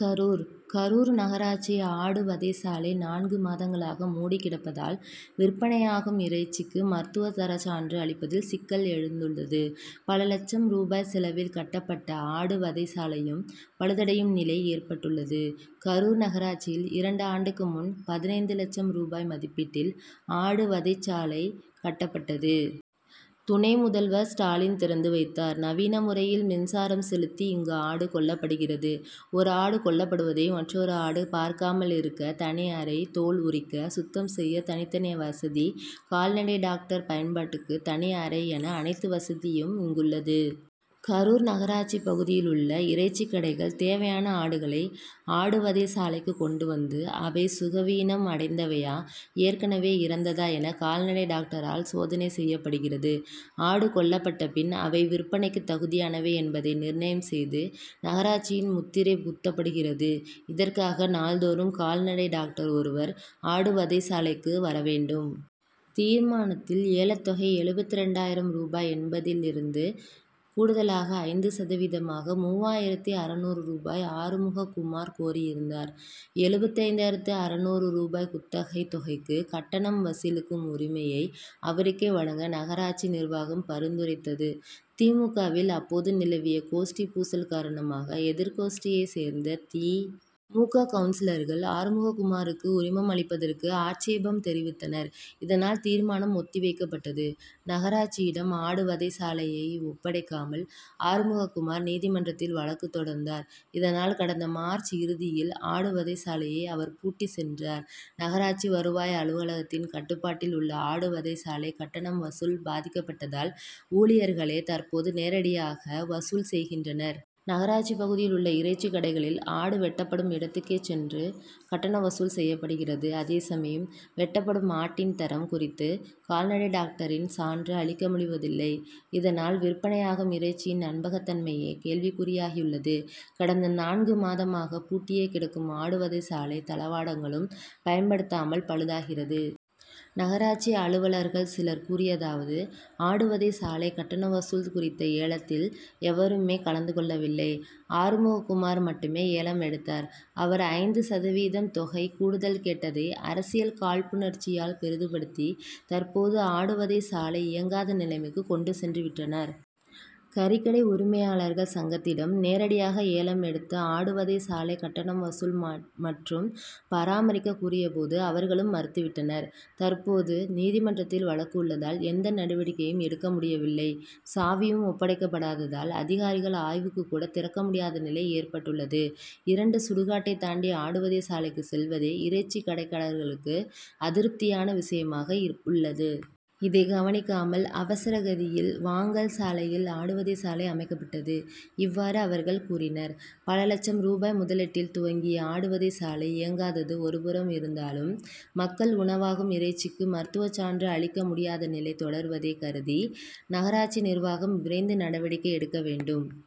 கரூர் கரூர் நகராட்சி ஆடு வதைச்சாலை நான்கு மாதங்களாக மூடிக்கிடப்பதால், விற்பனையாகும் இறைச்சிக்கு மருத்துவ தரச்சான்று அளிப்பதில் சிக்கல் எழுந்துள்ளது. பல லட்சம் ரூபாய் செலவில் கட்டப்பட்ட ஆடு வதைச்சாலையும் பழுதடையும் நிலை ஏற்பட்டுள்ளது. கரூர் நகராட்சியில் இரண்டு ஆண்டுக்கு முன் பதினைந்து லட்சம் ரூபாய் மதிப்பீட்டில் ஆடு வதைச்சாலை கட்டப்பட்டது. துணை முதல்வர் ஸ்டாலின் திறந்து வைத்தார். நவீன முறையில் மின்சாரம் செலுத்தி இங்கு ஆடு கொல்லப்படுகிறது. ஒரு ஆடு கொல்லப்படுவதை மற்றொரு ஆடு பார்க்காமல் இருக்க தனி அறை, தோல் உரிக்க, சுத்தம் செய்ய தனித்தனி வசதி, கால்நடை டாக்டர் பயன்பாட்டுக்கு தனி அறை என அனைத்து வசதியும் இங்குள்ளது. கரூர் நகராட்சி பகுதியில் உள்ள இறைச்சி கடைகள் தேவையான ஆடுகளை, ஆடுவதைச்சாலைக்கு கொண்டுவந்து, அவை, சுகவீனம் அடைந்தவையா? ஏற்கனவே இறந்ததா? என, கால்நடை டாக்டரால் சோதனை செய்யப்படுகிறது. ஆடு கொல்லப்பட்ட பின், அவை விற்பனைக்கு தகுதியானவை என்பதை நிர்ணயம் செய்து நகராட்சியின் முத்திரை குத்தப்படுகிறது. இதற்காக, நாள்தோறும் கால்நடை டாக்டர் ஒருவர், ஆடு வதைச்சாலைக்கு வரவேண்டும். தீர்மானத்தில் ஏலத்தொகை எழுபத்திரண்டாயிரம் ரூபாய் என்பதில் இருந்து, கூடுதலாக ஐந்து சதவீதமாக மூவாயிரத்து அறுநூறு ரூபாய் ஆறுமுகக்குமார் கோரியிருந்தார். எழுபத்தைந்தாயிரத்து அறுநூறு ரூபாய் குத்தகை தொகைக்கு, கட்டணம் வசூலிக்கும் உரிமையை அவருக்கே வழங்க நகராட்சி நிர்வாகம் பரிந்துரைத்தது. தி. மு. க.,வில் அப்போது நிலவிய கோஷ்டி பூசல் காரணமாக, எதிர்கோஷ்டியை சேர்ந்த தி. மு. க., கவுன்சிலர்கள் ஆறுமுகக்குமாருக்கு உரிமம் அளிப்பதற்கு ஆட்சேபம் தெரிவித்தனர். இதனால் தீர்மானம் ஒத்திவைக்கப்பட்டது. நகராட்சியிடம் ஆடு வதைச்சாலையை ஒப்படைக்காமல், ஆறுமுகக்குமார் நீதிமன்றத்தில் வழக்கு தொடர்ந்தார். இதனால், கடந்த மார்ச் இறுதியில் ஆடு வதைச்சாலையை அவர் பூட்டிச் சென்றார். நகராட்சி வருவாய் அலுவலகத்தின் கட்டுப்பாட்டில் உள்ள ஆடு வதைச்சாலை கட்டணம் வசூல் பாதிக்கப்பட்டதால், ஊ ழியர்களே தற்போது நேரடியாக வசூல் செய்கின்றனர். நகராட்சி பகுதியில் உள்ள இறைச்சி கடைகளில், ஆடு வெட்டப்படும் இடத்துக்கேச் சென்று கட்டண வசூல் செய்யப்படுகிறது. அதே சமயம், வெட்டப்படும் ஆட்டின் தரம் குறித்து கால்நடை டாக்டரின் சான்று அளிக்கமுடிவதில்லை. இதனால், விற்பனையாகும் இறைச்சியின் நம்பகத்தன்மையே கேள்விக்குறியாகியுள்ளது. கடந்த நான்கு மாதமாக பூட்டியே கிடக்கும் ஆடு வதைச்சாலை தளவாடங்களும் பயன்படுத்தாமல் பழுதாகிறது. நகராட்சி அலுவலர்கள் சிலர் கூறியதாவது ஆடுவதை சாலை கட்டண வசூல் குறித்த ஏலத்தில் எவருமே கலந்து கொள்வதில்லை. ஆறுமுகக்குமார் மட்டுமே ஏலம் எடுத்தார். அவர் ஐந்து சதவீதம் தொகை கூடுதல் கேட்டதை, அரசியல் காழ்ப்புணர்ச்சியால் பெரிதுபடுத்தி, தற்போது ஆடுவதை சாலை இயங்காத நிலைமைக்கு கொண்டு சென்றுவிட்டனர். கறிக்கடை உரிமையாளர் சங்கத்திடம், நேரடியாக ஏலம் எடுத்து ஆடு வதைச்சாலை கட்டணம் வசூல் மற்றும் பராமரிக்க கூறியபோது அவர்களும் மறுத்துவிட்டனர். தற்போது, நீதிமன்றத்தில் வழக்கு உள்ளதால் எந்த நடவடிக்கையும் எடுக்க முடியவில்லை. சாவியும் ஒப்படைக்கப்படாததால், அதிகாரிகள் ஆய்வுக்குக்கூட திறக்க முடியாத நிலை ஏற்பட்டுள்ளது. இரண்டு சுடுகாட்டை தாண்டி ஆடுவதை சாலைக்கு செல்வதே இறைச்சி கடைக்காரர்களுக்கு அதிருப்தியான விஷயமாக உள்ளது. இதை கவனிக்காமல், அவசர கதியில் வாங்கல் சாலையில் ஆடுவதைச்சாலை அமைக்கப்பட்டது. இவ்வாறு அவர்கள் கூறினர். பல லட்சம் ரூபாய் முதலீட்டில் துவங்கிய ஆடு வதைச்சாலை இயங்காதது ஒருபுறம் இருந்தாலும், மக்கள் உணவாகும் இறைச்சிக்கு மருத்துவச்சான்று அளிக்க முடியாதநிலை தொடர்வதை கருதி, நகராட்சி நிர்வாகம் விரைந்து நடவடிக்கை எடுக்க வேண்டும்.